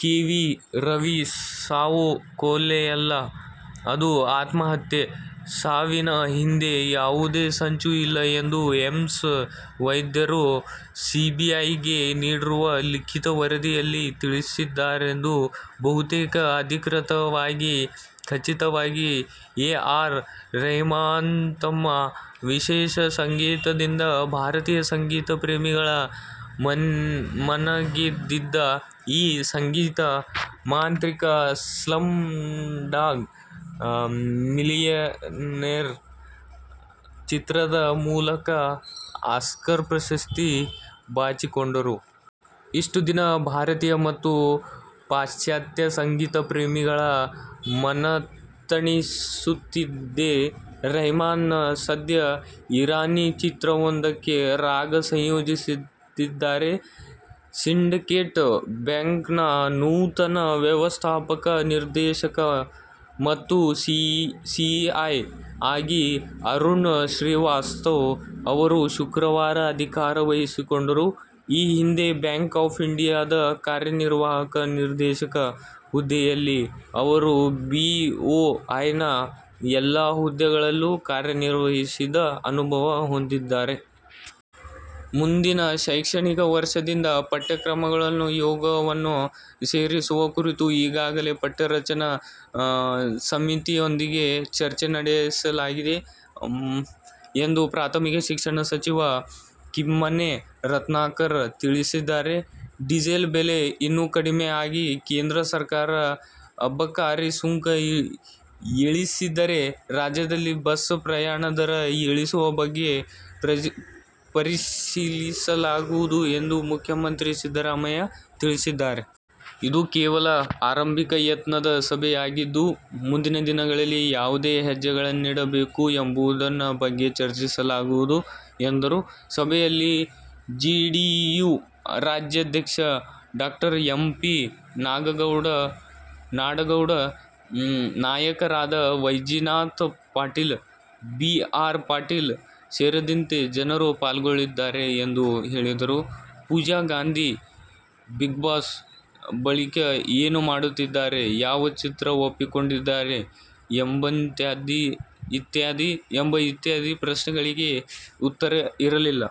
K. Ravi ಸಾವು ಕೊಲೆಯಲ್ಲ, ಅದು ಆತ್ಮಹತ್ಯೆ. ಸಾವಿನ ಹಿಂದೆ ಯಾವುದೇ ಸಂಚು ಇಲ್ಲ ಎಂದು ಏಮ್ಸ್ ವೈದ್ಯರು ಸಿಬಿಐಗೆ ನೀಡಿರುವ ಲಿಖಿತ ವರದಿಯಲ್ಲಿ ತಿಳಿಸಿದ್ದಾರೆಂದು ಬಹುತೇಕ ಅಧಿಕೃತವಾಗಿ ಖಚಿತವಾಗಿದೆ. ಎ. ಆರ್ ರೆಹಮಾನ್ತಮ್ಮ ವಿಶೇಷ ಸಂಗೀತದಿಂದ ಭಾರತೀಯ ಸಂಗೀತ ಪ್ರೇಮಿಗಳ ಮನಗೆದಿದ್ದ ಈ ಸಂಗೀತ ಮಾಂತ್ರಿಕ ಸ್ಲಂ ಡಾಗ್ ಮಿಲಿಯನೇರ್ ಚಿತ್ರದ ಮೂಲಕ ಆಸ್ಕರ್ ಪ್ರಶಸ್ತಿಯನ್ನು ಬಾಚಿಕೊಂಡರು. ಇಷ್ಟು ದಿನ ಭಾರತೀಯ ಮತ್ತು ಪಾಶ್ಚಾತ್ಯ ಸಂಗೀತ ಪ್ರೇಮಿಗಳ ಮನತಣಿಸಿಸುತ್ತಿದ್ದ ರೆಹಮಾನ್ ಸದ್ಯ ಇರಾನಿ ಚಿತ್ರವೊಂದಕ್ಕೆ ರಾಗ ಸಂಯೋಜಿಸುತ್ತಿದ್ದಾರೆ. ಸಿಂಡಿಕೇಟ್ ಬ್ಯಾಂಕ್ನ ನೂತನ ವ್ಯವಸ್ಥಾಪಕ ನಿರ್ದೇಶಕ ಮತ್ತು ಸಿಇಓ ಆಗಿ ಅರುಣ್ ಶ್ರೀವಾಸ್ತವ ಅವರು ಶುಕ್ರವಾರ ಅಧಿಕಾರ ವಹಿಸಿಕೊಂಡರು. ಈ ಹಿಂದೆ ಬ್ಯಾಂಕ್ ಆಫ್ ಇಂಡಿಯಾ ದ ಕಾರ್ಯನಿರ್ವಾಹಕ ನಿರ್ದೇಶಕ ಹುದ್ದೆಯಲ್ಲಿದ್ದ ಅವರು ಬಿಓಐನ ಎಲ್ಲ ಹುದ್ದೆಗಳಲ್ಲೂ ಕಾರ್ಯನಿರ್ವಹಿಸಿದ ಅನುಭವ ಹೊಂದಿದ್ದಾರೆ. ಮುಂದಿನ ಶೈಕ್ಷಣಿಕ ವರ್ಷದಿಂದ ಪಠ್ಯಕ್ರಮದಲ್ಲಿ ಯೋಗವನ್ನು ಸೇರಿಸುವ ಕುರಿತು ಈಗಾಗಲೇ ಪಠ್ಯ ರಚನಾ ಸಮಿತಿಯೊಂದಿಗೆ ಚರ್ಚೆ ನಡೆಸಲಾಗಿದೆ ಎಂದು ಪ್ರಾಥಮಿಕ ಶಿಕ್ಷಣ ಸಚಿವ ಕಿಮ್ಮನೆ ರತ್ನಾಕರ ತಿಳಿಸಿದರು. ಡೀಸೆಲ್ ಬೆಲೆ ಇನ್ನೂ ಕಡಿಮೆ ಆಗಿ ಕೇಂದ್ರ ಸರ್ಕಾರ ಅಬಕಾರಿ ಸುಂಕ ಇಳಿಸಿದರೆ, ರಾಜ್ಯದಲ್ಲಿ ಬಸ್ ಪ್ರಯಾಣ ದರ ಇಳಿಸುವ ಬಗ್ಗೆ ಪರಿಶೀಲಿಸಲಾಗುವುದು ಎಂದು ಮುಖ್ಯ ಮಂತ್ರಿ ಸಿದ್ದರಾಮಯ್ಯ ತಿಳಿಸಿದ್ದಾರೆ. ಇದು ಕೇವಲ ಆರಂಭಿಕ ಯತ್ನದ ಸಭೆಯಾಗಿದ್ದು, ಮುಂದಿನ ದಿನಗಳಲ್ಲಿ ಯಾವ ಹೆಜ್ಜೆಗಳನ್ನಿಡಬೇಕು ಎಂಬುದರ ಬಗ್ಗೆ ಚರ್ಚಿಸಲಾಗುವುದು ಎಂದರು. ಸಭೆಯಲ್ಲಿ ಜೆಡಿಯು ರಾಜ್ಯಾಧ್ಯಕ್ಷ ಡಾ ಎಂ. ಪಿ. ನಾಡಗೌಡ, ನಾಯಕರಾದ ವೈಜನಾಥ ಪಾಟೀಲ, ಬಿ. ಆರ್. ಪಾಟೀಲ ಸೇರಿದಂತೆ ಜನರು ಪಾಲ್ಗೊಳ್ಳಲಿದ್ದಾರೆ ಎಂದು ಹೇಳಿದರು. ಪೂಜಾ ಗಾಂಧಿ, "ಬಿಗ್ಬಾಸ್' ಬಳಿಕ ಏನು ಮಾಡುತ್ತಿದ್ದಾರೆ, ಯಾವ ಚಿತ್ರ ಒಪ್ಪಿಕೊಂಡಿದ್ದಾರೆ ಎಂಬಿತ್ಯಾದಿ ಪ್ರಶ್ನೆಗಳಿಗೆ ಉತ್ತರ ಇರಲಿಲ್ಲ.